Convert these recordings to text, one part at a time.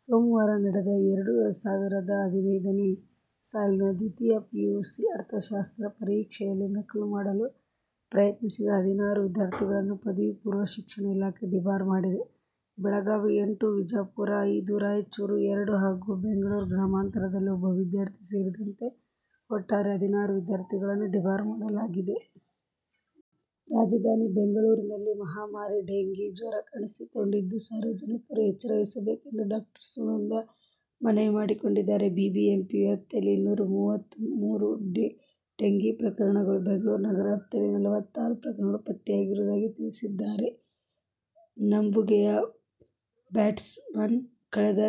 ಸೋಮವಾರ ನಡೆದ ಎರಡು ಸಾವಿರದ ಹದಿನೈದನೇ ಸಾಲಿನ ದ್ವಿತೀಯ ಪಿಯುಸಿ ಅರ್ಥಶಾಸ್ತ್ರ ಪರೀಕ್ಷೆಯಲ್ಲಿ ನಕಲು ಮಾಡಲು ಪ್ರಯತ್ನಿಸಿದ ಹದಿನಾರು ವಿದ್ಯಾರ್ಥಿಗಳನ್ನು ಪದವಿ ಪೂರ್ವ ಶಿಕ್ಷಣ ಇಲಾಖೆ ಡಿಬಾರ್ ಮಾಡಿದೆ. ಬೆಳಗಾವಿ- ಎಂಟು, ವಿಜಾಪುರ- ಐದು, ರಾಯಚೂರು- ಎರಡು ಹಾಗೂ ಬೆಂಗಳೂರು ಗ್ರಾಮಾಂತರದಲ್ಲಿ ಒಬ್ಬ ವಿದ್ಯಾರ್ಥಿ ಸೇರಿದಂತೆ ಒಟ್ಟಾರೆ ಹದಿನಾರು ವಿದ್ಯಾರ್ಥಿಗಳನ್ನು ಡಿಬಾರ್ ಮಾಡಲಾಗಿದೆ. ರಾಜಧಾನಿ ಬೆಂಗಳೂರಿನಲ್ಲಿ ಮಹಾಮಾರಿ ಡೇಂಘಿ ಜ್ವರ ಕಾಣಿಸಿಕೊಂಡಿದ್ದು, ಸಾರ್ವಜನಿಕರು ಎಚ್ಚರ ವಹಿಸಬೇಕೆಂದು ಡಾ. ಸುನಂದಾ ಮನವಿ ಮಾಡಿಕೊಂಡಿದ್ದಾರೆ. ಬಿಬಿಎಂಪಿ ವ್ಯಾಪ್ತಿಯಲ್ಲಿ ಇನ್ನೂರ ಮೂವತ್ತಮೂರು ಡೇಂಘೀ ಪ್ರಕರಣಗಳು, ಬೆಂಗಳೂರು ನಗರ ವ್ಯಾಪ್ತಿಯಲ್ಲಿ ನಲವತ್ತಾರು ಪ್ರಕರಣಗಳು ಪತ್ತೆಯಾಗಿರುವುದಾಗಿ ತಿಳಿಸಿದ್ದಾರೆ. ನಂಬುಗೆಯ ಬ್ಯಾಟ್ಸ್ಮನ್, ಕಳೆದ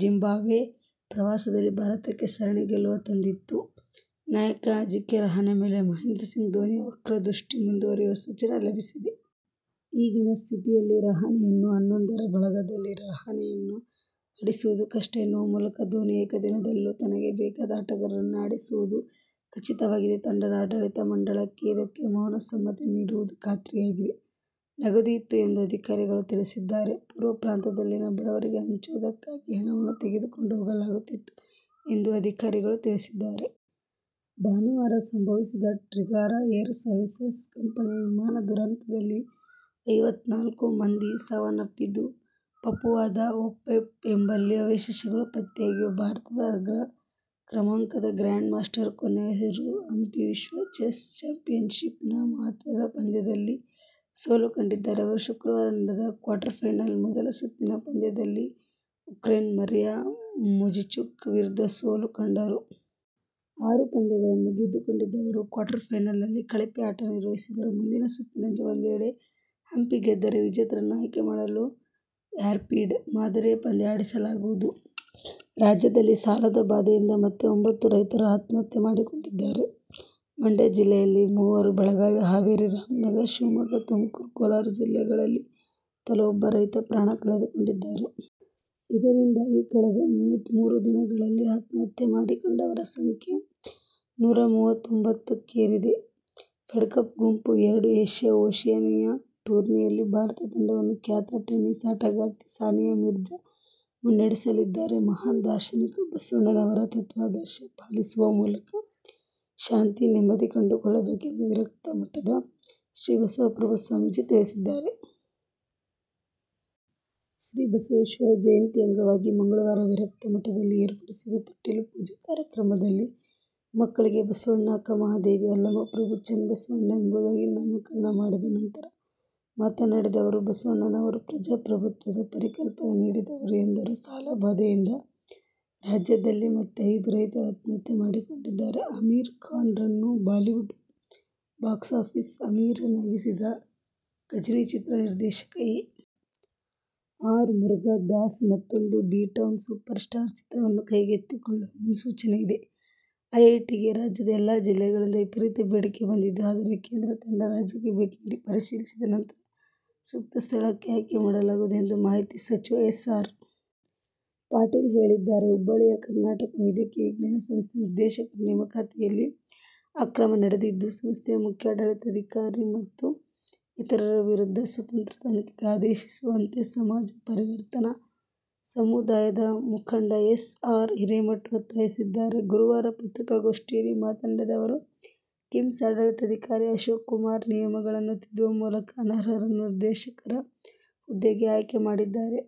ಜಿಂಬಾಬ್ವೆ ಪ್ರವಾಸದಲ್ಲಿ ಭಾರತಕ್ಕೆ ಸರಣಿ ಗೆಲುವು ತಂದಿತ್ತ ನಾಯಕ ಅಜಿಂಕ್ಯ ರಹಾನೆ ಮೇಲೆ ಮಹೇಂದ್ರ ಸಿಂಗ್ ಧೋನಿಯ ವಕ್ರದೃಷ್ಟಿ ಮುಂದುವರಿಯುವ ಸೂಚನೆ ಲಭಿಸಿದೆ. ಈಗಿನ ಸ್ಥಿತಿಯಲ್ಲಿ ರಹಾನೆಯನ್ನು ಹನ್ನೊಂದರ ಬಳಗದಲ್ಲಿ ರಹಾನೆಯನ್ನು ಆಡಿಸುವುದು ಕಷ್ಟ ಎನ್ನುವ ಮೂಲಕ ಧೋನಿ ಏಕದಿನದಲ್ಲೂ ತನಗೆ ಬೇಕಾದ ಆಟಗಾರರನ್ನೇ ಆಡಿಸುವುದು ಖಚಿತವಾಗಿದೆ. ತಂಡದ ಆಡಳಿತ ಮಂಡಳಿ ಇದಕ್ಕೆ ಮೌನ ಸಮ್ಮತಿ ನೀಡುವುದೂ ಖಾತ್ರಿಯಾಗಿದೆ. ನಗದು ಇತ್ತು ಎಂದು ಅಧಿಕಾರಿಗಳು ತಿಳಿಸಿದ್ದಾರೆ. ಪೂರ್ವ ಪಾಂತ್ರ್ಯದಲ್ಲಿನ ಬಡವರಿಗೆ ಹಂಚುವುದಕ್ಕಾಗಿ ಹಣವನ್ನು ತೆಗೆದುಕೊಂಡು ಹೋಗಲಾಗುತ್ತಿತ್ತು ಎಂದು ಅಧಿಕಾರಿಗಳು ತಿಳಿಸಿದ್ದಾರೆ. ಭಾನುವಾರ ಸಂಭವಿಸಿದ ಟ್ರಿಗಾರಾ ಏರ್ ಸರ್ವೀಸಸ್ ಕಂಪನಿಯ ವಿಮಾನ ದುರಂತದಲ್ಲಿ ಐವತ್ತನಾಲ್ಕು ಮಂದಿ ಸಾವನ್ನಪ್ಪಿದ್ದು, ಪಪುವಾದ ಓಕ್ಬೇಪ್ ಎಂಬಲ್ಲಿ ಅವಶೇಷಗಳು ಪತ್ತೆಯಾಗಿವೆ. ಭಾರತದ ಅಗ್ರ ಕ್ರಮಾಂಕದ ಗ್ರ್ಯಾಂಡ್ ಮಾಸ್ಟರ್ ಕೊನೆರು ಹಂಪಿ ವಿಶ್ವ ಚೆಸ್ ಚಾಂಪಿಯನ್ಶಿಪ್ನ ಮಹತ್ವದ ಪಂದ್ಯದಲ್ಲಿ ಸೋಲು ಕಂಡಿದ್ದಾರೆ. ಅವರು ಶುಕ್ರವಾರ ನಡೆದ ಕ್ವಾರ್ಟರ್ ಫೈನಲ್ನ ಮೊದಲ ಸುತ್ತಿನ ಪಂದ್ಯದಲ್ಲಿ ಉಕ್ರೇನ್ನ ಮರಿಯಾ ಮುಜಿಚುಕ್ ವಿರುದ್ಧ ಸೋಲು ಕಂಡರು. ಆರು ಪಂದ್ಯಗಳನ್ನು ಗೆದ್ದುಕೊಂಡಿದ್ದ ಅವರು ಕ್ವಾರ್ಟರ್ಫೈನಲ್ನಲ್ಲಿ ಕಳಪೆ ಆಟ ನಿರ್ವಹಿಸಿದರು. ಮುಂದಿನ ಸುತ್ತಿನಲ್ಲಿ ಒಂದು ವೇಳೆ ಹಂಪಿ ಗೆದ್ದರೆ, ವಿಜೇತರನ್ನು ಆಯ್ಕೆ ಮಾಡಲು, ರ್ಯಾಪಿಡ್ ಮಾದರಿಯ ಪಂದ್ಯ ಆಡಿಸಲಾಗುವುದು. ರಾಜ್ಯದಲ್ಲಿ ಸಾಲದ ಬಾಧೆಯಿಂದ ಮತ್ತೆ ಒಂಬತ್ತು ರೈತರು ಆತ್ಮಹತ್ಯೆ ಮಾಡಿಕೊಂಡಿದ್ದಾರೆ. ಮಂಡ್ಯ ಜಿಲ್ಲೆಯಲ್ಲಿ ಮೂವರು, ಬೆಳಗಾವಿ, ಹಾವೇರಿ, ರಾಮನಗರ, ಶಿವಮೊಗ್ಗ, ತುಮಕೂರು, ಕೋಲಾರ ಜಿಲ್ಲೆಗಳಲ್ಲಿ ತಲಾ ಒಬ್ಬ ರೈತರು ಪ್ರಾಣ ಕಳೆದುಕೊಂಡಿದ್ದಾರೆ. ಇದರಿಂದಾಗಿ ಕಳೆದ ಮೂವತ್ತಮೂರು ದಿನದಲ್ಲಿ ಆತ್ಮಹತ್ಯೆ ಮಾಡಿಕೊಂಡವರ ಸಂಖ್ಯೆ ನೂರಾಮೂವತ್ತೊಂಬ್ಬತ್ತು ಕ್ಕೇರಿದೆ. ಫೆಡ್ಕಪ್ ಗುಂಪು ಎರಡು ಏಶ್ಯಾ-ಒಶಿಯಾನಿಯಾ ಟೂರ್ನಿಯಲ್ಲಿ ಭಾರತ ತಂಡವನ್ನು ಖ್ಯಾತ ಟೆನ್ನಿಸ್ ಆಟಗಾರ್ತಿ ಸಾನಿಯಾ ಮಿರ್ಜಾ ಮುನ್ನಡೆಸಲಿದ್ದಾರೆ. ಮಹಾನ್ ದಾರ್ಶನಿಕ ಬಸವಣ್ಣನವರ ತತ್ವಾದರ್ಶ ಪಾಲಿಸುವ ಮೂಲಕ ಶಾಂತಿ, ನೆಮ್ಮದಿ ಕಂಡುಕೊಳ್ಳಬೇಕು ಎಂದು ವಿರಕ್ತ ಮಠದ ಶ್ರೀ ಬಸವಪ್ರಭು ಸ್ವಾಮೀಜಿ ತಿಳಿಸಿದ್ದಾರೆ. ಶ್ರೀ ಬಸವೇಶ್ವರ ಜಯಂತಿ ಅಂಗವಾಗಿ ಮಂಗಳವಾರ ವಿರಕ್ತ ಮಠದಲ್ಲಿ ಏರ್ಪಡಿಸಿದ್ದ ತೊಟ್ಟಿಲ ಪೂಜೆ ಕಾರ್ಯಕ್ರಮದಲ್ಲಿ ಮಕ್ಕಳಿಗೆ ಬಸವಣ್ಣ, ಅಕ್ಕಮಹಾದೇವಿ, ಅಲ್ಲಮಪ್ರಭು, ಚನ್ನಬಸವಣ್ಣ ಎಂಬುದಾಗಿ ನಾಮಕರಣ ಮಾಡಿದ ನಂತರ ಮಾತನಾಡಿದ ಅವರು, ಬಸವಣ್ಣನವರು ಪ್ರಜಾಪ್ರಭುತ್ವದಪರಿಕಲ್ಪನೆ ನೀಡಿದವರು ಎಂದರು. ಸಾಲಬಾಧೆಯಿಂದ ರಾಜ್ಯದಲ್ಲಿ ಮತ್ತೆ ಐದು ರೈತರು ಆತ್ಮಹತ್ಯೆ ಮಾಡಿಕೊಂಡಿದ್ದಾರೆ. ಅಮೀರ್ ಖಾನ್'ರನ್ನು ಬಾಲಿವುಡ್ ಬಾಕ್ಸಾಫೀಸ್ ಅಮೀರನಾಗಿಸಿದ ಘಜನಿ ಚಿತ್ರ ನಿರ್ದೇಶಕ ಎ. ಆರ್. ಮುರುಗದಾಸ್ ಮತ್ತೊಂದು ಬಿಟೌನ್ ಸೂಪರ್ ಸ್ಟಾರ್ ಚಿತ್ರವನ್ನು ಕೈಗೆತ್ತಿಕೊಳ್ಳುವ ಮುನ್ಸೂಚನೆಯಿದೆ. ಐಐಟಿಗೆ ರಾಜ್ಯದ ಎಲ್ಲಾ ಜಿಲ್ಲೆಗಳಿಂದಲೂ ವಿಪರೀತ ಬೇಡಿಕೆ ಬಂದಿದೆ. ಆದರೆ, ಕೇಂದ್ರ ತಂಡ ರಾಜ್ಯಕ್ಕೆ ಭೇಟಿ ನೀಡಿ ಪರಿಶೀಲಿಸಿದ ನಂತರವೇ ಸೂಕ್ತ ಸ್ಥಳ ಆಯ್ಕೆ ಮಾಡಲಾಗುವುದು ಎಂದು ಮಾಹಿತಿ, ಸಚಿವ ಎಸ್. ಆರ್. ಪಾಟೀಲ್ ಹೇಳಿದ್ದಾರೆ. ಹುಬ್ಬಳ್ಳಿಯ ಕರ್ನಾಟಕ ವೈದ್ಯಕೀಯ ವಿಜ್ಞಾನ ಸಂಸ್ಥೆ ನಿರ್ದೇಶಕರ ನೇಮಕಾತಿಯಲ್ಲಿ ಅಕ್ರಮ ನಡೆದಿದ್ದು, ಸಂಸ್ಥೆಯ ಮುಖ್ಯ ಆಡಳಿತಾಧಿಕಾರಿ ಮತ್ತು ಇತರರ ವಿರುದ್ಧ ಸ್ವತಂತ್ರ ತನಿಖೆಗೆ ಆದೇಶಿಸುವಂತೆ ಸಮಾಜ ಪರಿವರ್ತನಾ ಸಮುದಾಯದ ಮುಖಂಡ ಎಸ್. ಆರ್. ಹಿರೇಮಠ ಒತ್ತಾಯಿಸಿದ್ದಾರೆ. ಗುರುವಾರ ಪತ್ರಿಕಾಗೋಷ್ಠಿಯಲ್ಲಿ ಮಾತನಾಡಿದ ಅವರು, ಕಿಮ್ಸ್ ಆಡಳಿತಾಧಿಕಾರಿ ಅಶೋಕ್ಕುಮಾರ್ ನಿಯಮಗಳನ್ನು ತಿದ್ದುವ ಮೂಲಕ ಅನರ್ಹರನ್ನು ನಿರ್ದೇಶಕರ ಹುದ್ದೆಗೆ ಆಯ್ಕೆ ಮಾಡಿದ್ದಾರೆ.